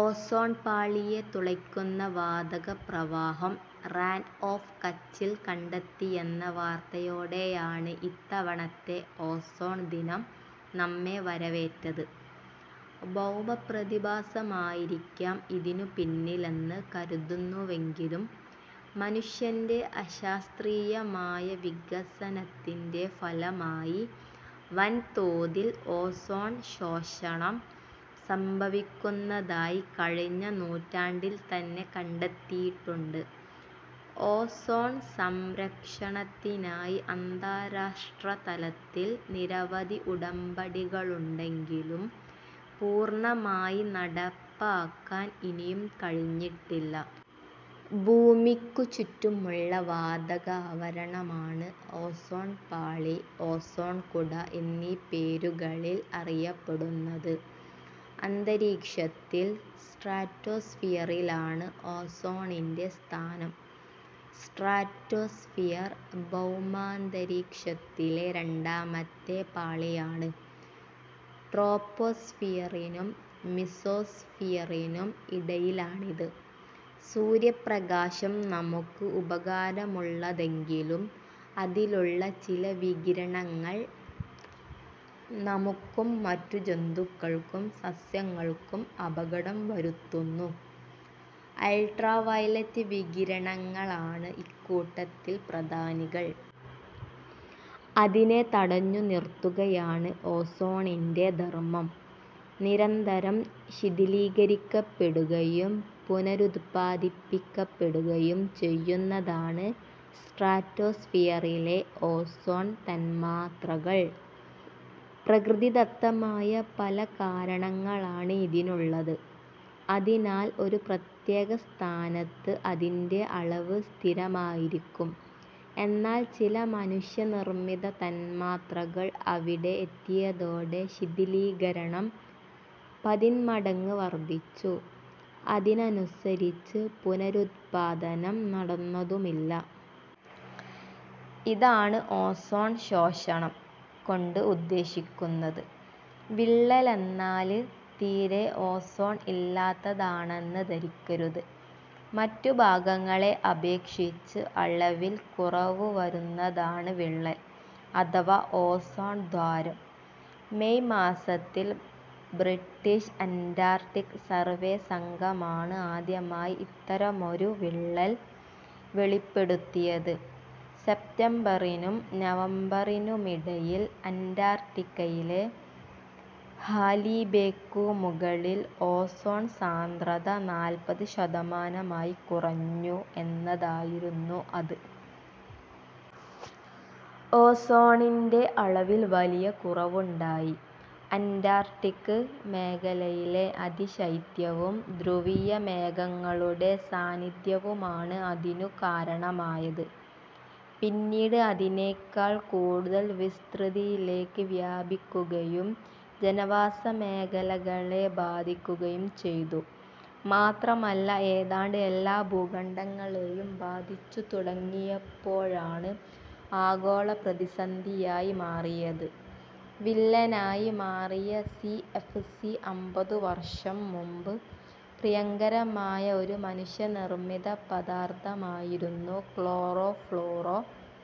Ozone പാളിയെ തുളയ്ക്കുന്ന വാതകപ്രവാഹം റാൻ ഓഫ് കച്ചിൽ കണ്ടെത്തിയെന്ന വാർത്തയോടെയാണ് ഇത്തവണത്തെ ഓസോൺ ദിനം നമ്മെ വരവേറ്റത്. ഭൗമ പ്രതിഭാസമായിരിക്കാം ഇതിനുപിന്നിലെന്ന് കരുതുന്നുവെങ്കിലും മനുഷ്യൻ്റെ അശാസ്ത്രീയമായ വികസനത്തിൻ്റെ ഫലമായി വൻതോതിൽ ഓസോൺ ശോഷണം സംഭവിക്കുന്നതായി കഴിഞ്ഞ നൂറ്റാണ്ടിൽതന്നെ കണ്ടെത്തിയിട്ടുണ്ട്. ഓസോൺ സംരക്ഷണത്തിനായി അന്താരാഷ്ട്രതലത്തിൽ നിരവധി ഉടമ്പടികളുണ്ടെങ്കിലും പൂർണ്ണമായി നടപ്പാക്കാൻ ഇനിയും കഴിഞ്ഞിട്ടില്ല. ഭൂമിക്കു ചുറ്റുമുള്ള വാതകാവരണമാണ് ഓസോൺപാളി, ഓസോൺകുട എന്നീ പേരുകളിൽ അറിയപ്പെടുന്നത്. അന്തരീക്ഷത്തിൽ സ്ട്രാറ്റോസ്ഫിയറിലാണ് ഓസോണിൻ്റെ സ്ഥാനം. സ്ട്രാറ്റോസ്ഫിയർ ഭൗമാന്തരീക്ഷത്തിലെ രണ്ടാമത്തെ പാളിയാണ്. ട്രോപോസ്ഫിയറിനും മീസോസ്ഫിയറിനും ഇടയിലാണിത്. സൂര്യപ്രകാശം നമുക്ക് ഉപകാരമുള്ളതെങ്കിലും അതിലുള്ള ചില വികിരണങ്ങൾ നമുക്കും മറ്റു ജന്തുക്കൾക്കും സസ്യങ്ങൾക്കും അപകടം വരുത്തുന്നു. അൾട്ട്രാവയലറ്റ് വികിരണങ്ങളാണ് ഇക്കൂട്ടത്തിൽ പ്രധാനികൾ. അതിനെ തടഞ്ഞുനിർത്തുകയാണ് ഓസോണിൻ്റെ ധർമ്മം. നിരന്തരം ശിഥിലീകരിക്കപ്പെടുകയും പുനരുത്പാദിപ്പിക്കപ്പെടുകയും ചെയ്യുന്നതാണ് സ്ട്രാറ്റോസ്ഫിയറിലെ ഓസോൺ തന്മാത്രകൾ. പ്രകൃതിദത്തമായ പലകാരണങ്ങളാണ് ഇതിനുള്ളത്. അതിനാൽ ഒരു പ്രത്യേക സ്ഥാനത്ത് അതിൻ്റെ അളവ് സ്ഥിരമായിരിക്കും. എന്നാൽ ചില മനുഷ്യനിർമിത തന്മാത്രകൾ അവിടെ എത്തിയതോടെ ശിഥിലീകരണം പതിന്മടങ്ങ് വർധിച്ചു. അതിനനുസരിച്ച് പുനരുത്പാദനം നടന്നതുമില്ല. ഇതാണ് ഓസോൺശോഷണം കൊണ്ട് ഉദ്ദേശിക്കുന്നത്. വിള്ളലെന്നാല് തീരേ ഓസോൺ ഇല്ലാത്തതാണെന്ന് ധരിക്കരുത്. മറ്റു ഭാഗങ്ങളെ അപേക്ഷിച്ച് അളവിൽ കുറവുവരുന്നതാണ് വിള്ളൽ അഥവാ ഓസോൺദ്വാരം. മേയ് മാസത്തിൽ ബ്രിട്ടീഷ് അൻ്റാർട്ടിക് സർവ്വേ സംഘമാണ് ആദ്യമായി ഇത്തരമൊരു വിള്ളൽ വെളിപ്പെടുത്തിയത്. സെപ്റ്റംബറിനും നവംബറിനുമിടയിൽ അൻ്റാർട്ടിക്കയിലെ ഹാലി ബേക്കു മുകളിൽ ഓസോൺസാന്ദ്രത നാൽപത് ശതമാനമായി കുറഞ്ഞു എന്നതായിരുന്നു അത്. ഓസോണിൻ്റെ അളവിൽ വലിയ കുറവുണ്ടായി. അൻ്റാർട്ടിക് മേഖലയിലെ അതിശൈത്യവും ധ്രുവീയ മേഘങ്ങളുടെ സാന്നിധ്യവുമാണ് അതിനു കാരണമായത്. പിന്നീട് അതിനെക്കാൾ കൂടുതൽ വിസ്തൃതിയിലേക്ക് വ്യാപിക്കുകയും ജനവാസമേഖലകളെ ബാധിക്കുകയും ചെയ്തു. മാത്രമല്ല ഏതാണ്ട് എല്ലാ ഭൂഖണ്ഡങ്ങളെയും ബാധിച്ചുതുടങ്ങിയപ്പോഴാണ് ആഗോളപ്രതിസന്ധിയായി മാറിയത്. വില്ലനായി മാറിയ സി. എഫ്. സി അമ്പതുവർഷം മുമ്പ് പ്രിയങ്കരമായ ഒരു മനുഷ്യനിർമിത പദാർധമായിരുന്നു ക്ലോറോ ഫ്ളൂറോ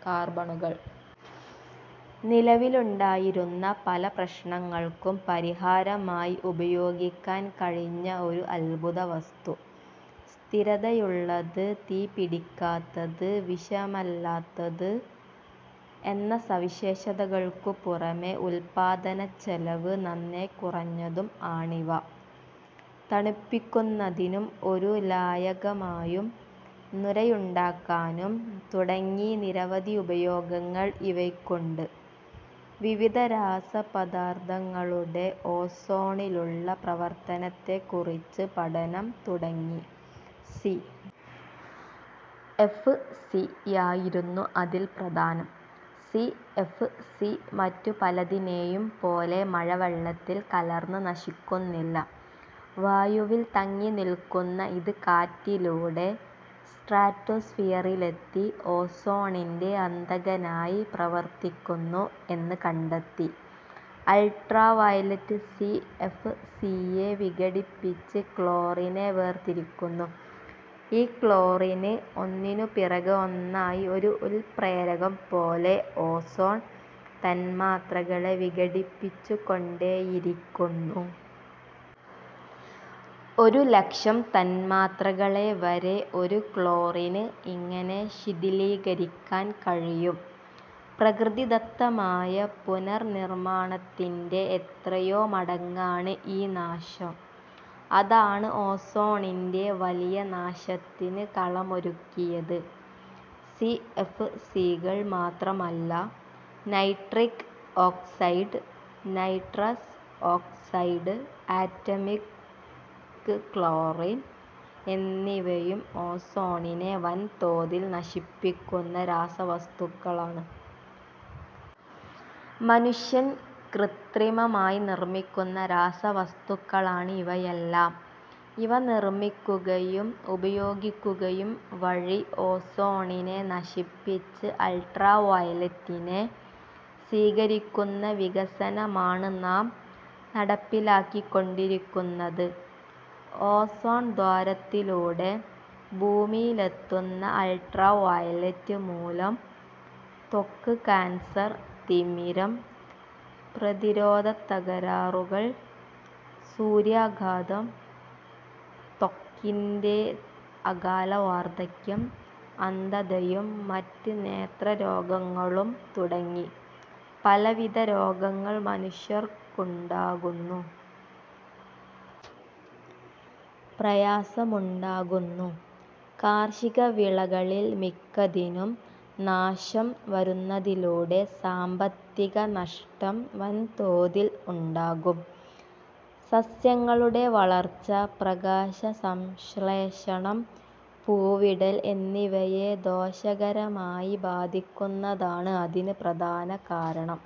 കാർബണുകൾ. നിലവിലുണ്ടായിരുന്ന പല പ്രശ്നങ്ങൾക്കും പരിഹാരമായി ഉപയോഗിക്കാൻ കഴിഞ്ഞ ഒരു അദ്ഭുതവസ്തു. സ്ഥിരതയുള്ളത്, തീപിടിക്കാത്തത്, വിഷമല്ലാത്തത് എന്ന സവിശേഷതകൾക്കു പുറമേ ഉത്പാദനച്ചെലവ് നന്നേ കുറഞ്ഞതും ആണിവ. തണുപ്പിക്കുന്നതിനും ഒരു ലായകമായും നുരയുണ്ടാക്കാനും തുടങ്ങി നിരവധി ഉപയോഗങ്ങൾ ഇവയ്ക്കുണ്ട്. വിവിധ രാസപദാർധങ്ങളുടെ ഓസോണിലുള്ള പ്രവർത്തനത്തെക്കുറിച്ച് പഠനം തുടങ്ങി. സി. എഫ്. സി. യായിരുന്നു അതിൽ പ്രധാനം. സി. എഫ്. സി മറ്റു പലതിനെയും പോലെ മഴവെള്ളത്തിൽ കലർന്ന് നശിക്കുന്നില്ല. വായുവിൽ തങ്ങിനിൽക്കുന്ന ഇത് കാറ്റിലൂടെ സ്ട്രാറ്റോസ്ഫിയറിലെത്തി ഓസോണിൻ്റെ അന്തകനായി പ്രവർത്തിക്കുന്നു എന്ന് കണ്ടെത്തി. Ultraviolet C. എഫ്. സിയെ വിഘടിപ്പിച്ച് ക്ലോറിനെ വേർതിരിക്കുന്നു. ഈ ക്ലോറിന് ഒന്നിനു പിറകെ ഒന്നായി ഒരു ഉൽപ്രേരകം പോലെ ഓസോൺ തന്മാത്രകളെ വിഘടിപ്പിച്ചുകൊണ്ടേയിരിക്കുന്നു. ഒരുലക്ഷം തന്മാത്രകളെവരെ ഒരു ക്ലോറിന് ഇങ്ങനെ ശിഥിലീകരിക്കാൻ കഴിയും. പ്രകൃതിദത്തമായ പുനർനിർമാണത്തിൻ്റെ എത്രയോ മടങ്ങാണ് ഈ നാശം. അതാണ് ഓസോണിൻ്റെ വലിയ നാശത്തിന് കളമൊരുക്കിയത്. സി. എഫ്. സികൾ മാത്രമല്ല, nitric oxide, nitrous oxide, atomic chlorine എന്നിവയും ഓസോണിനെ വൻതോതിൽ നശിപ്പിക്കുന്ന രാസവസ്തുക്കളാണ്. മനുഷ്യൻ കൃത്രിമമായി നിർമിക്കുന്ന രാസവസ്തുക്കളാണ് ഇവയെല്ലാം. ഇവ നിർമിക്കുകയും ഉപയോഗിക്കുകയും വഴി, ഓസോണിനെ നശിപ്പിച്ച് അൾട്രാവയലറ്റിനെ സ്വീകരിക്കുന്ന വികസനമാണ് നാം നടപ്പിലാക്കിക്കൊണ്ടിരിക്കുന്നത്. ഓസോൺദ്വാരത്തിലൂടെ ഭൂമിയിലെത്തുന്ന അൾട്രാവയലറ്റ് മൂലം ത്വക്ക് കാൻസർ, തിമിരം, പ്രതിരോധത്തകരാറുകൾ, സൂര്യാഘാതം, ത്വക്കിൻ്റെ അകാല വാർധക്യം, അന്ധതയും മറ്റ് നേത്രരോഗങ്ങളും തുടങ്ങി പലവിധ രോഗങ്ങൾ മനുഷ്യർക്കുണ്ടാകുന്നു. പ്രയാസമുണ്ടാകുന്നു. കാർഷികവിളകളിൽ മിക്കതിനും നാശം വരുന്നതിലൂടെ സാമ്പത്തിക നഷ്ടം വൻതോതിൽ ഉണ്ടാകും. സസ്യങ്ങളുടെ വളർച്ച, പ്രകാശസംശ്ലേഷണം, പൂവിടൽ എന്നിവയെ ദോഷകരമായി ബാധിക്കുന്നതാണ് അതിന് പ്രധാന കാരണം.